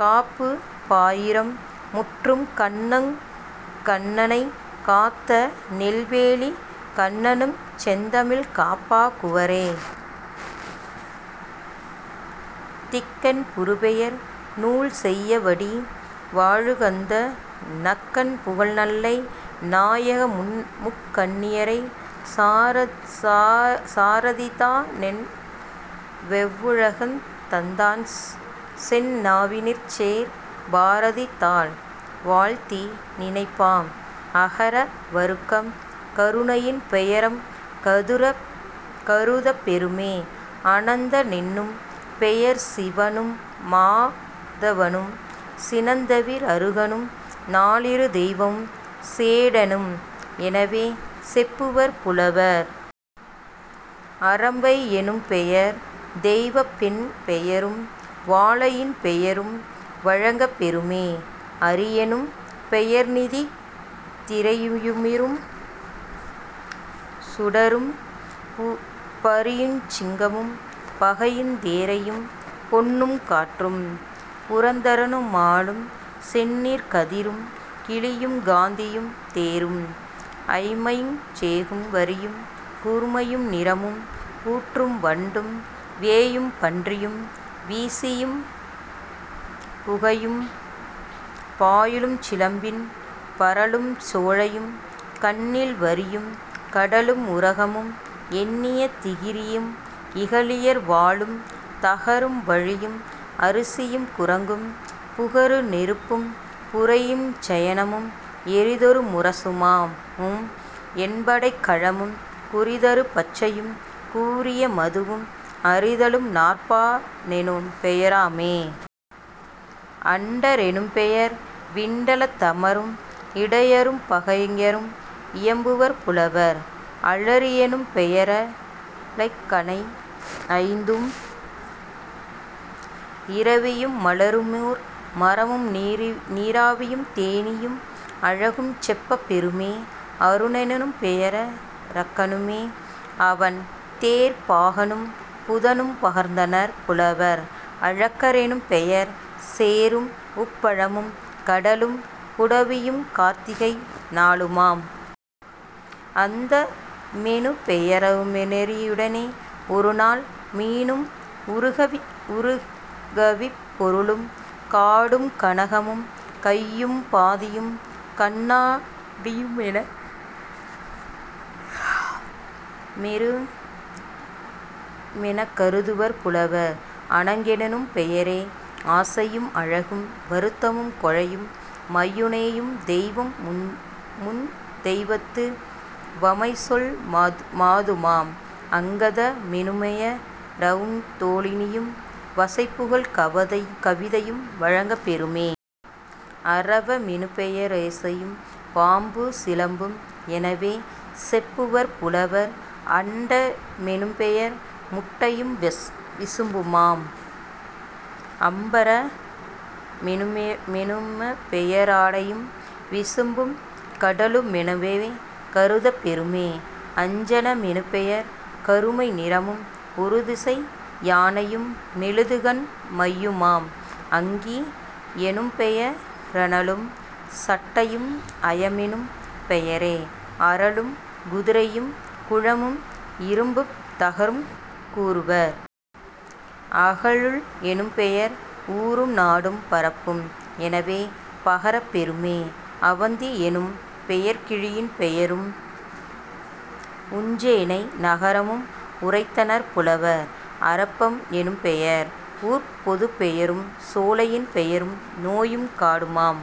காப்புப் பாயிரம் முற்றும். கண்ணங் கண்ணனைக் காத்த நெல்வேலிக் கண்ணனுஞ் செந்தமிழ்க் காப்பா குவரே. திக்கன் புறுபெயர் நூல்செய்யவடி வாளுகந்த நக்கன் புகழ்நெல்லை நாயக-முக்கண்ணியறை சாரதிதா னெவவ்வுலகந் தந்தோன்செந் நாவினிற்சேர் பாரதிதாள் வாழ்த்திநினைப்பா. அகர வருக்கம் கருணையின் பெயருங் கருதப்பெறுமே..... அனந்த னென்னும் பெயர்சிவனு மா தவனும் சினந்தவிர் அருகனு நாலிரு தெய்வமும் சேடனும் எனவே செப்புவர் புலவர்..... அரம்பை யெனும்பெயர் தெய்வப்பெண் பெயரும் வாழையின் பெயரும் வழங்கப் பெறுமே..... அரியெனும் பெயர்நிதி திரையுமிரு சுடரும் பரியுஞ் சிங்கமும் பகையுந் தேரையும் பொன்னும் காற்றும் புரந்தரனு மாலும் செந்நெற் கதிரும் கிளியும் காந்தியும் தேரும் ஐம்மையுஞ் சேகும் வரியும் கூர்மையு நிறமும் கூற்றும் வண்டும் வேயும் பன்றியும் விசியும் புகையும் பாயலுஞ் சிலம்பின் பரலும் சோலையும் கண்ணில் வரியும் கடலும் உரகமும் எண்ணிய திகிரியும் இகலியர் வாளும் தகரும் வலியும் அரிசியும் குரங்கும் புகரு நெருப்பும் புரையுஞ் சயனமும் எறிதரு முரசமும் எண்படைக் கலமும் குறிதரு பச்சையும் கூறிய மதுவும் அரிதலும் நாற்பா னெனு பெயராமே..... அண்ட ரெனும்பெயர் விண்டலத் தமரும் இடையரும் பகைஞரும் இயம்புவர் புலவர்..... அலரி யெனும்பெயர லர்க்கணை ஐந்தும் இரவியு மலருமோர் மரமு நீராவியுந் தேனீயும் அழகும் செப்பப் பெறுமே..... அருண னெனும்பெய ரருக்கனுமே அவன்தேர்ப் பாகனும் புதனும் பகர்ந்தனர் புலவர்..... அளக்க ரெனும்பெயர் சேறும் உப்பளமும் கடலும் புடவியுங் கார்த்திகை நாளுமாம்..... அந்த மெனும்பெயருவநெறியுடனே ஒருநாள் மீனும் உறுகவிப் பொருளும் காடும் கனகமும் கையும் பாதியும் கண்ணா டியுமெனக் கருதுவர் புலவர்..... அணங்கனெனும் பெயரே ஆசையும் அழகும் வருத்தமும் கொலையும் மையனோயும் தெய்வமுந் தெய்வத்து வமைசொல் மாதுமாம்..... அங்கத மெனுமெய ரவுந் தோளிணியும் வசைபுகல் கவிதையும் வழங்கப் பெறுமே..... அரவ மெனுபெய ரேசையும் பாம்பு சிலம்பும் எனவே செப்புவர் புலவர்..... அண்ட மெனும்பெயர் முட்டையும் விசும்புமாம்..... அம்பர மெனும்மபெயராடையும் விசும்பும் கடலு மெனவே கருதப்பெறுமே..... அஞ்சன மெனும்பெயர் கருமை நிறமும் ஒருதிசை யானையு மெழுதுகண் மையுமாம்..... அங்கி யெனும்பெயரனலும் சட்டையும்..... அயமெனும் பெயரே அறலும் குதிரையும் குளமும் இரும்பும் தகருங் கூறுவர்..... அகலுள் எனும் பெயர் ஊரு நாடும் பரப்பும் எனவே பகரப் பெறுமே..... அவந்தி யெனும் பெயர் கிளியின் பெயரும் உஞ்சேனை நகரமும் உரைத்தனர் புலவர்..... அருப்பம் எனும்பெயர் ஊர்ப்பொதுப் பெயரும் சோலையின் பெயரும் நோயும் காடுமாம்.